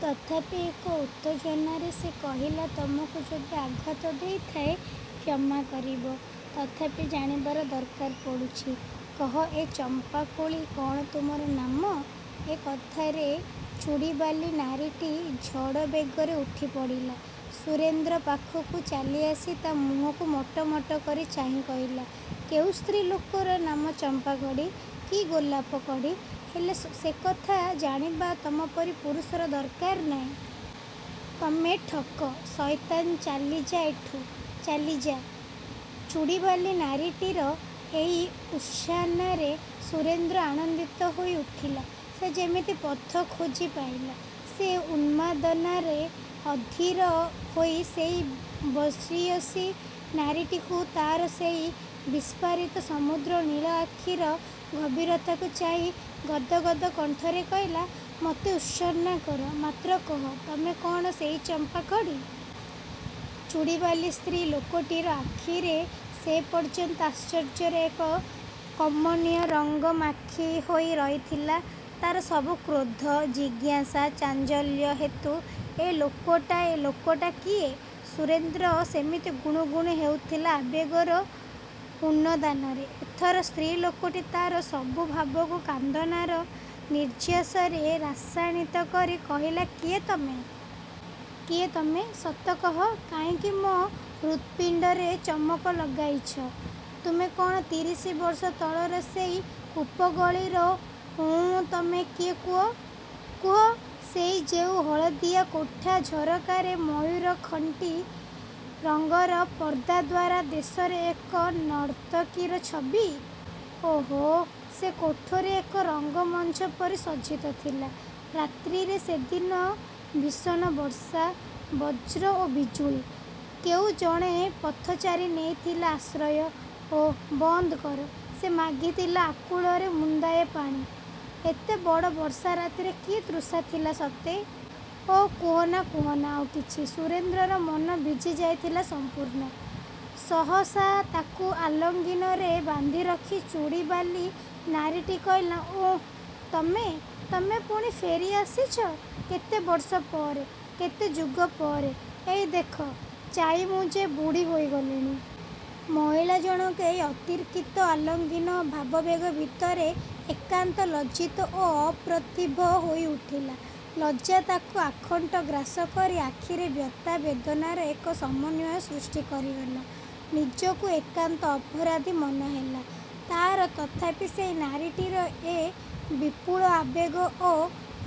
ତଥାପି ଏକ ଉତ୍ତେଜନାରେ ସେ କହିଲା ତମକୁ ଯଦି ଆଘାତ ଦେଇଥାଏ କ୍ଷମା କରିବ। ତଥାପି ଜାଣିବାର ଦରକାର ପଡ଼ୁଚି। କହ ଏ ଚମ୍ପାକଳି କଣ ତୁମର ନାମ? ଏ କଥାରେ ଚୁଡ଼ିବାଲି ନାରୀଟି ଝଡ଼ବେଗରେ ଉଠି ପଡ଼ିଲା। ସୁରେନ୍ଦ୍ର ପାଖକୁ ଚାଲିଆସି ତା ମୁହଁକୁ ମଟମଟ କରି ଚାହିଁ କହିଲା, କେଉଁ ସ୍ତ୍ରୀ ଲୋକର ନାମ ଚମ୍ପାକଢ଼ି କି ଗୋଲାପ କଢ଼ି ହେଲା ସେକଥା ଜାଣିବା ତମପରି ପୁରୁଷର ଦରକାର ନାହିଁ। ତମେ ଠକ, ସଇତାନ ଚାଲିଯା ଏଠୁ, ଚାଲିଯା। ଚୁଡ଼ିବାଲି ନାରୀଟିର ଏହି ଭର୍ତ୍ସନାରେ ସୁରେନ୍ଦ୍ର ଆନନ୍ଦିତ ହୋଇ ଉଠିଲା ସେ ଯେମିତି ପଥ ଖୋଜି ପାଇଲା। ସେ ଉନ୍ମାଦନାରେ ଅଧିର ହୋଇ ସେହି ବର୍ଷିୟସୀ ନାରୀଟିକୁ ତାର ସେହି ବିସ୍ଫାରିତ ସମୁଦ୍ର ନୀଳ ଆଖିର ଗଭୀରତାକୁ ଚାହିଁ ଗଦ ଗଦ କଣ୍ଠରେ କହିଲା, ମତେ ଭର୍ତ୍ସନା କର, ମାତ୍ର କହ, ତମେ କଣ ସେଇ ଚମ୍ପାକଢ଼ି। ଚୁଡ଼ିବାଲି ସ୍ତ୍ରୀ ଲୋକଟିର ଆଖିରେ ସେପର୍ଯ୍ୟନ୍ତ ଆଶ୍ଚର୍ଯ୍ୟର ଏକ କମନୀୟ ରଙ୍ଗ ମାଖି ହୋଇ ରହିଥିଲା। ତାର ସବୁ କ୍ରୋଧ, ଜିଜ୍ଞାସା, ଚାଞ୍ଚଲ୍ୟ ହେତୁ ଏ ଲୋକଟା, ଏ ଲୋକଟା କିଏ? ସୁରେନ୍ଦ୍ର ସେମିତି ଗୁଣୁ ଗୁଣୁ ହେଉଥିଲା ଆବେଗର ଉନ୍ନଦାନରେ। ଏଥର ସ୍ତ୍ରୀ ଲୋକଟି ତାର ସବୁ ଭାବକୁ କାନ୍ଦଣାର ନିର୍ଯ୍ୟାସରେ ରାସାଣିତ କରି କହିଲା କିଏ ତମେ? କିଏ ତମେ? ସତ କହ, କାହିଁକି ମୋ ହୃତ୍‌ପିଣ୍ଡରେ ଚମକ ଲଗାଇଛ। ତମେ କଣ ତିରିଶି ବର୍ଷ ତଳର ସେଇ ଉପଗଳିର ଓଃ ତମେ କିଏ କୁହ, କୁହ ସେଇ ଯେଉଁ ହଳଦିଆ କୋଠା ଝରକାରେ ମୟୁରକଣ୍ଠୀ ରଙ୍ଗର ପର୍ଦ୍ଦା ଦ୍ୱାର ଦେଶରେ ଏକ ନର୍ତ୍ତକୀର ଛବି। ଓଃ ଓଃ, ସେ କୋଠରୀ ଏକ ରଙ୍ଗମଞ୍ଚ ପରି ସଜ୍ଜିତ ଥିଲା। ରାତ୍ରିରେ ସେଦିନ ଭୀଷଣ ବର୍ଷା, ବଜ୍ର ଓ ବିଜୁଳି। କେହଁ ଜଣେ ପଥଚାରୀ ନେଇଥିଲା ଆଶ୍ରୟ। ଓଃ ବନ୍ଦ କର । ସେ ମାଗିଥିଲା ଆକୁଳରେ ମୁନ୍ଦାଏ ପାଣି, ଏତେ ବଡ଼ ବର୍ଷା ରାତିରେ କି ତୃଷା ଥିଲା ସତେ। ଓଃ କୁହନା, କୁହନା ଆଉ କିଛି। ସୁରେନ୍ଦ୍ରର ମନ ଭିଜି ଯାଇଥିଲା ସମ୍ପୂର୍ଣ୍ଣ। ସହସା ତାକୁ ଆଲିଙ୍ଗନରେ ବାନ୍ଧିରଖି ଚୁଡ଼ିବାଲି ନାରୀଟି କହିଲା, ଓଃ ତମେ । ତୁମେ ପୁଣି ଫେରି ଆସିଚ କେତେ ବର୍ଷ ପରେ, କେତେ ଯୁଗ ପରେ। ଏଇ ଦେଖ, ଚାହିଁ ମୁଁ ଯେ ବୁଢ଼ୀ ହୋଇ ଗଲିଣି। ମହିଳା ଜଣକ ଏହି ଅତର୍କିତ ଆଲିଙ୍ଗନ ଓ ଭାବାବେଗ ଭିତରେ ଏକାନ୍ତ ଲଜ୍ଜିତ ଓ ଅପ୍ରତିଭ ହୋଇ ଉଠିଲା। ଲଜ୍ଜା ତାକୁ ଆକଣ୍ଠ ଗ୍ରାସ କରି ଆଖିରେ ବ୍ୟଥା, ବେଦନାର ଏକ ସମନ୍ଵୟ ସୃଷ୍ଟି କରିଗଲା। ନିଜକୁ ଏକାନ୍ତ ଅପରାଧୀ ମନେ ହେଲା ତାର। ତଥାପି ସେହି ନାରୀଟିର ଏ ବିପୁଳ ଆବେଗ ଓ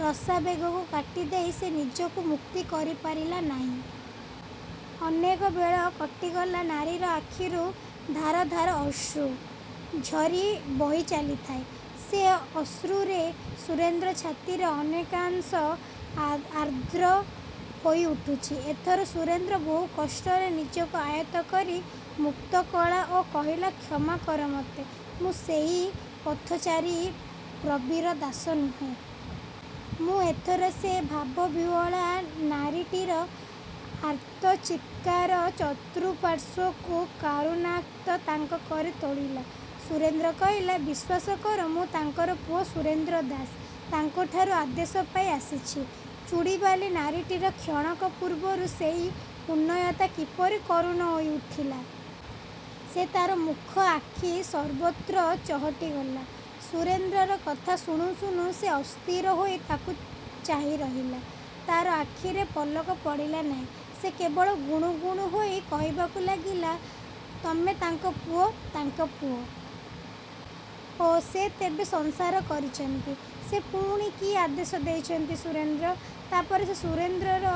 ରସାବେଗକୁ କାଟିଦେଇ ସେ ନିଜକୁ ମୁକ୍ତ କରିପାରିଲା ନାହିଁ। ଅନେକ ବେଳ କଟିଗଲା ନାରୀର ଆଖିରୁ ଧାର ଧାର ଅଶ୍ରୁ ଝରି ବହି ଚାଲିଥାଏ। ସେ ଅଶ୍ରୁରେ ସୁରେନ୍ଦ୍ର ଛାତିର ଅନେକାଂଶ ଆର୍ଦ୍ର ହୋଇଉଠୁଚି। ଏଥର ସୁରେନ୍ଦ୍ର ବହୁ କଷ୍ଟରେ ନିଜକୁ ଆୟତ୍ତ କରି ମୁକ୍ତକଲା ଓ କହିଲା କ୍ଷମା କର ମତେ, ମୁଁ ସେହି ପଥଚାରୀ ପ୍ରବୀର ଦାସ ନୁହେଁ। ମୁଁ ଏଥର ସେ ଭାବବିହ୍ୱଳା ନାରୀଟିର ଆର୍ତ୍ତ ଚିତ୍କାର ଚତୁଃପାର୍ଶ୍ଵକୁ କରୁଣାକ୍ତ ତାଙ୍କ କରି ତୋଳିଲା। ସୁରେନ୍ଦ୍ର କହିଲା, ବିଶ୍ଵାସ କର ମୁଁ ତାଙ୍କର ପୁଅ ସୁରେନ୍ଦ୍ର ଦାସ। ତାଙ୍କଠାରୁ ଆଦେଶ ପାଇ ଆସିଚି। ଚୁଡ଼ିବାଲି ନାରୀଟିର କ୍ଷଣକ ପୂର୍ବର ସେହି ଉନ୍ନୟତା କିପରି କରୁଣ ହୋଇ ଉଠିଲା। ସେ ତାର ମୁଖ, ଆଖି ସର୍ବତ୍ର ଚହଟି ଗଲା। ସୁରେନ୍ଦ୍ରର କଥା ଶୁଣୁ ଶୁଣୁ ସେ ଅସ୍ଥିର ହୋଇ ତାକୁ ଚାହିଁ ରହିଲା, ତାର ଆଖିରେ ପଲକ ପଡ଼ିଲା ନାହିଁ। ସେ କେବଳ ଗୁଣୁ ଗୁଣୁ ହୋଇ କହିବାକୁ ଲାଗିଲା, ତମେ ତାଙ୍କ ପୁଅ, ତାଙ୍କ ପୁଅ। ଓଃ, ସେ ତେବେ ସଂସାର କରିଚନ୍ତି। ସେ ପୁଣି କି ଆଦେଶ ଦେଇଛନ୍ତି ସୁରେନ୍ଦ୍ର? ତାପରେ ସେ ସୁରେନ୍ଦ୍ରର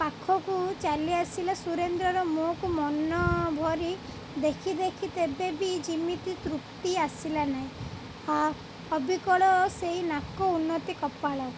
ପାଖକୁ ଚାଲି ଆସିଲା। ସୁରେନ୍ଦ୍ରର ମୁହଁକୁ ମନ ଭରି ଦେଖି ଦେଖି ତେବେ ବି ଯିମିତି ତୃପ୍ତି ଆସିଲା ନାହିଁ। ଆଃ ଅବିକଳ ସେଇ ନାକ, ଉନ୍ନତ କପାଳ।